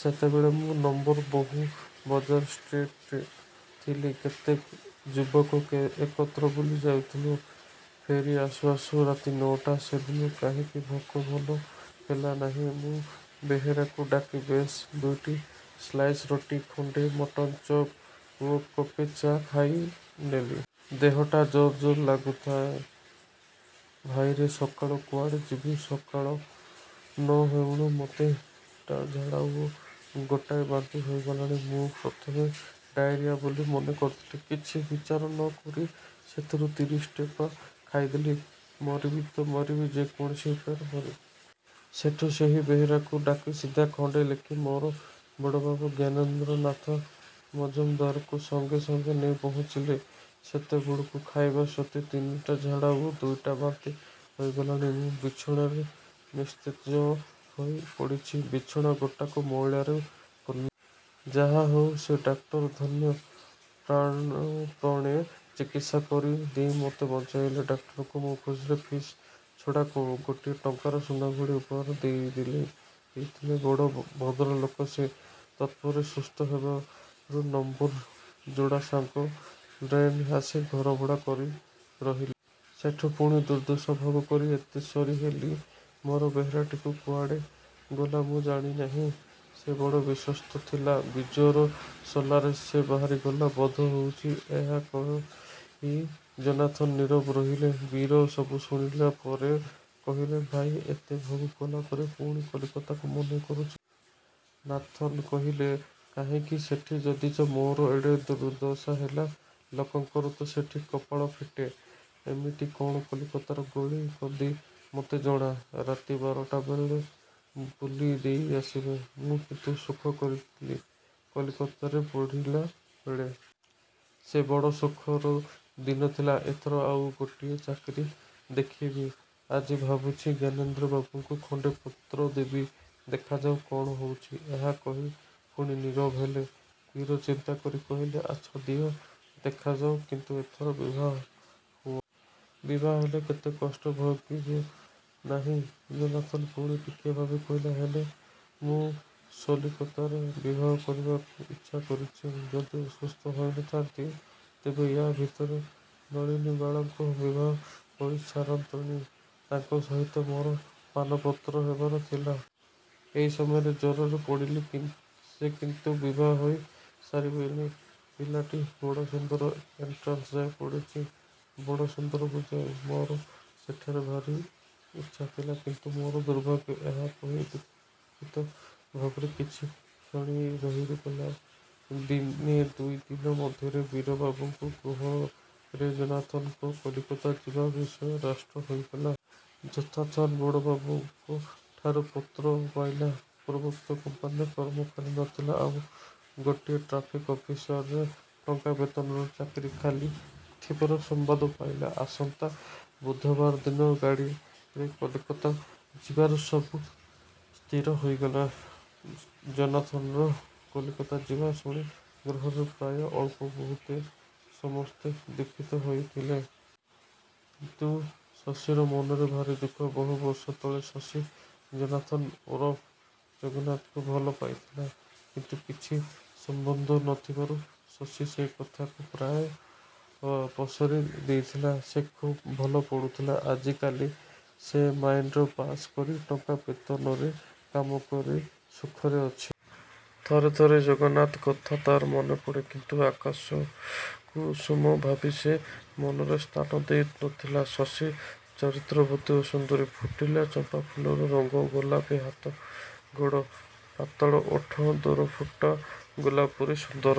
ସେତେବେଳେ ମୁଁ ନମ୍ୱର ବହୁବଜାର ଷ୍ଟ୍ରିଟ୍ରେ ଥିଲି। କେତେ ଯୁବକ ଏକତ୍ର ବୁଲି ଯାଇଥିଲୁ। ଫେରି ଆସୁ ଆସୁ ରାତି ନ'ଟା। ସେଦିନ କାହିଁକି ଭୋକ ଭଲ ହେଲାନାଇଁ। ମୁଁ ବେହେରାକୁ ଡାକି ବେଶ୍ ଦୁଇଟି ସ୍ଲାଇସ୍ ରୋଟି, ଖଣ୍ଡେ ମଟନ ଚପ୍ ଓ କପେ ଚାହା ଖାଇନେଲି-। ଦେହଟା ଜର ଜର ଲାଗୁଥାଏ। ଭାଇ ରେ, ସକାଳକୁ କୁଆଡ଼େ ଯିବି? ସକାଳ ନ ହେଉଣୁ ମତେ ଟା ଝାଡା ଓ ଗୋଟାଏ ବାନ୍ତି ହୋଇଗଲାଣି। ମୁଁ ପ୍ରଥମେ ଡାଇରିଆ ବୋଲି ମନେକରିଥିଲି। କିଛି ବିଚାର ନ କରି ସେଥିରୁ ତିରିଶ ଟେପା ଖାଇଦେଲି। ମରିବି ତ ମରିବି, ଯେ କୌଣସି ଉପାୟରେ ମରିବି। ସେଠୁ ସେହି ବେହେରାକୁ ଡାକି ସିଧା ଖଣ୍ଡେ ଲେଖି ମୋର ବଡ଼ବାବୁ ଜ୍ଞାନେନ୍ଦ୍ରନାଥ ମଜମଦାରଙ୍କୁ ସଙ୍ଗେ ସଙ୍ଗେ ନେଇ ପହଞ୍ଚିଲେ। ସେତେବେଳକୁ ଖାଇବା ସତ୍ତ୍ୱେ ତିନିଟା ଝାଡ଼ା ଓ ଦୁଇଟା ବାନ୍ତି ହୋଇଗଲାଣି। ମୁଁ ବିଛଣାରେ ନିସ୍ତେଜ ହେଇ ପଡ଼ିଚି। ବିଛଣା ଗୋଟାକ ମଇଳାରେ ପୂର୍ଣ୍ଣ। ଯାହାହେଉ, ସେ ଡାକ୍ତର ଧନ୍ୟ! ପ୍ରାଣପଣେ ଚିକିତ୍ସା କରି ଦେଇ ମୋତେ ବଞ୍ଚାଇଲେ। ତାକ୍ତରଙ୍କୁ ମୁଁ ଖୁସିରେ ଫିସ ଛଡ଼ା ଗୋଟିଏ ଟଙ୍କାର ସୁନାଘଡ଼ି ଉପହାର ଦେଇଥିଲେ। ବଡ଼ ଭଦ୍ରଲୋକ ସେ। ତତ୍ପରେ ସୁସ୍ଥ ହେବାରୁ ନମ୍ୱର ଯୋଡ଼ାସାଙ୍କୋ ଲେନ୍ରେ ଆସି ଘରଭଡ଼ା କରି ରହିଲି। ସେଠୁ ପୁଣି ଦୁର୍ଦ୍ଦଶା ଭୋଗ କରି ଏତେ ସରି ହେଲି। ମୋର ବେହେରାଟି କୁଆଡ଼େ ଗଲା ମୁଁ ଜାଣି ନାହିଁ। ସେ ବଡ଼ ବିଶ୍ୱସ୍ତ ଥିଲା। ବିଜୟର ସଲ୍ଲାରେ ସେ ବାହାରିଗଲା ବୋଧ ହେଉଛି। " ଏହା କହି ଯୋନାଥନ ନୀରବ ରହିଲେ। ବୀର ସବୁ ଶୁଣିଲାପରେ କହିଲେ "ଭାଇ, ଏତେ ଭୋଗ କଲାପରେ ପୁଣି କଲିକତାକୁ ମନେ କରୁଚ? " ନାଥନ କହିଲେ, "କାହିଁକି? ସେଠି ଯଦିଚ ମୋର ଏଡ଼େ ଦୁର୍ଦ୍ଦଶା ହେଲା, ଲୋକଙ୍କର ତ ସେଠି କପାଳ ଫିଟେ। ଏମିତି କଣ କଲିକତାର ଗଳି କନ୍ଦି ମୋତେ ଜଣା। ରାତି ବାରଟା ବେଳେ ବୁଲି ଦେଇ ଆସିବ। ମୁଁ କିନ୍ତୁ ସୁଖ କରିଥିଲି କଲିକତାରେ ପଢ଼ିଲାବେଳେ। ସେ ବଡ ସୁଖର ଦିନ ଥିଲା; ଏଥର ଆଉ ଗୋଟିଏ ଚାକିରୀ ଦେଖିବି। ଆଜି ଭାବୁଛି ଜ୍ଞାନେନ୍ଦ୍ର ବାବୁଙ୍କୁ ଖଣ୍ଡେ ପତ୍ର ଦେବି-। ଦେଖାଯାଉ, କ'ଣ ହେଉଛି। " ଏହାକହି ପୁଣି ନୀରବ ହେଲେ। ବୀର ଚିନ୍ତାକରି କହିଲେ "ଆଛା ଦିଅ, ଦେଖାଯାଉ। କିନ୍ତୁ ଏଥର ବିଭା ହୁଅ। ବିଭା ହେଲେ ଏତେ କଷ୍ଟ ଭୋଗିବ ନାଇଁ। " ଯୋନାଥନ୍ ପୁଣି ଟିକିଏ ଭାବି କହିଲେ,"ହେଲେ, ମୁଁ ସଲିକତାରେ ବିବାହ କରିବାକୁ ଇଛା କରିଛି। ଯଦି ଅସୁସ୍ଥ ହୋଇ ନ ଥାନ୍ତି, ତେବେ ୟା' ଭିତରେ ନଳିନୀବାଳାଙ୍କୁ ବିଭା ହୋଇସାରନ୍ତିଣି। ତାଙ୍କ ସହିତ ମୋର ପାନପତ୍ର ହେବାର ଥିଲା। ଏଇ ସମୟରେ ଜ୍ୱରରେ ପଡ଼ିଲି। ସେ କିନ୍ତୁ ବିଭାହୋଇ ସାରିବେଣି। ପିଲାଟି ବଡ଼ ସୁନ୍ଦର। ଏଣ୍ଟ୍ରାନ୍ସ ଯାଏ ପଢ଼ିଛି। ବଡ଼ ସୁନ୍ଦର ବଜାଏ। ମୋର ସେଠାରେ ଭାରି ଇଛା ଥିଲା। କିନ୍ତୁ ମୋର ଦୁର୍ଭାଗ୍ୟ। " ଏହା କହି ଦୁଃଖିତଭାବରେ କିଛିକ୍ଷଣ ରହିଗଲେ। ଦିନେ ଦୁଇ ଦିନ ମଧ୍ୟରେ ବୀରବାବୁଙ୍କ ଗୃହରେ ଯୋନାଥନ୍ ଙ୍କ କଲିକତା ଯିବା ବିଷୟ ରାଷ୍ଟ୍ର ହୋଇଗଲା। ଯୋଥାଥନ ବଡ଼ବାବୁଙ୍କ ଠାରୁ ପତ୍ର ପାଇଲା। ପୂର୍ବୋକ୍ତ କମ୍ପାନୀରେ କର୍ମ ଖାଲି ନ ଥିଲା। ଆଉ ଗୋଟିଏ ଟ୍ରାଫିକ୍ ଅଫିସରେ ଟଙ୍କା ବେତନର ଚାକୀରୀ ଖାଲି ଥିବାର ସମ୍ୱାଦ ପାଇଲା। ଆସନ୍ତା ବୁଧବାର ଦିନ ଗାଡ଼ିରେ କଲିକତା ଯିବାର ସବୁ ସ୍ଥିର ହୋଇଗଲା। ଯୋନାଥନର କଲିକତା ଯିବା ଶୁଣି ଗୃହରେ ପ୍ରାୟ ଅଳ୍ପବହୁତେ ସମସ୍ତେ ଦୁଃଖିତ ହୋଇଥିଲେ। କିନ୍ତୁ ଶଶୀର ମନରେ ଭାରି ଦୁଃଖ। ବହୁବର୍ଷ ତଳେ ଶଶୀ ଯୋନାଥନ ଓରଫ୍ ଜଗନ୍ନାଥଙ୍କୁ ଭଲ ପାଇଥିଲା। କିନ୍ତୁ କିଛି ସମ୍ୱନ୍ଧ ନ ଥିବାରୁ ଶଶୀ ସେକଥାକୁ ପ୍ରାୟ ପାସୋରି ଦେଇଥିଲା। ସେ ଖୁବ୍ ଭଲ ପଢ଼ୁଥିଲା। ଆଜିକାଲି ସେ ମାଇନର ପାଶ୍ କରି ଟଙ୍କା ବେତନରେ କାମକରି ସୁଖରେ ଅଛି। ଥରେ ଥରେ ଜଗନ୍ନାଥ କଥା ତାର ମନେପଡ଼େ। କିନ୍ତୁ ଆକାଶକୁସୁମ ଭାବି ସେ ମନରେ ସ୍ଥାନ ଦେଇ ନ ଥିଲା। ଶଶୀ ଚରିତ୍ରବତୀ ଓ ସୁନ୍ଦରୀ। ଫୁଟିଲା ଚମ୍ପାଫୁଲର ରଙ୍ଗ, ଗୋଲାପୀ ହାତ ଗୋଡ଼, ପାତଳ ଓଠ ଦରଫୁଟା ଗୋଲାପ ପରି ସୁନ୍ଦର।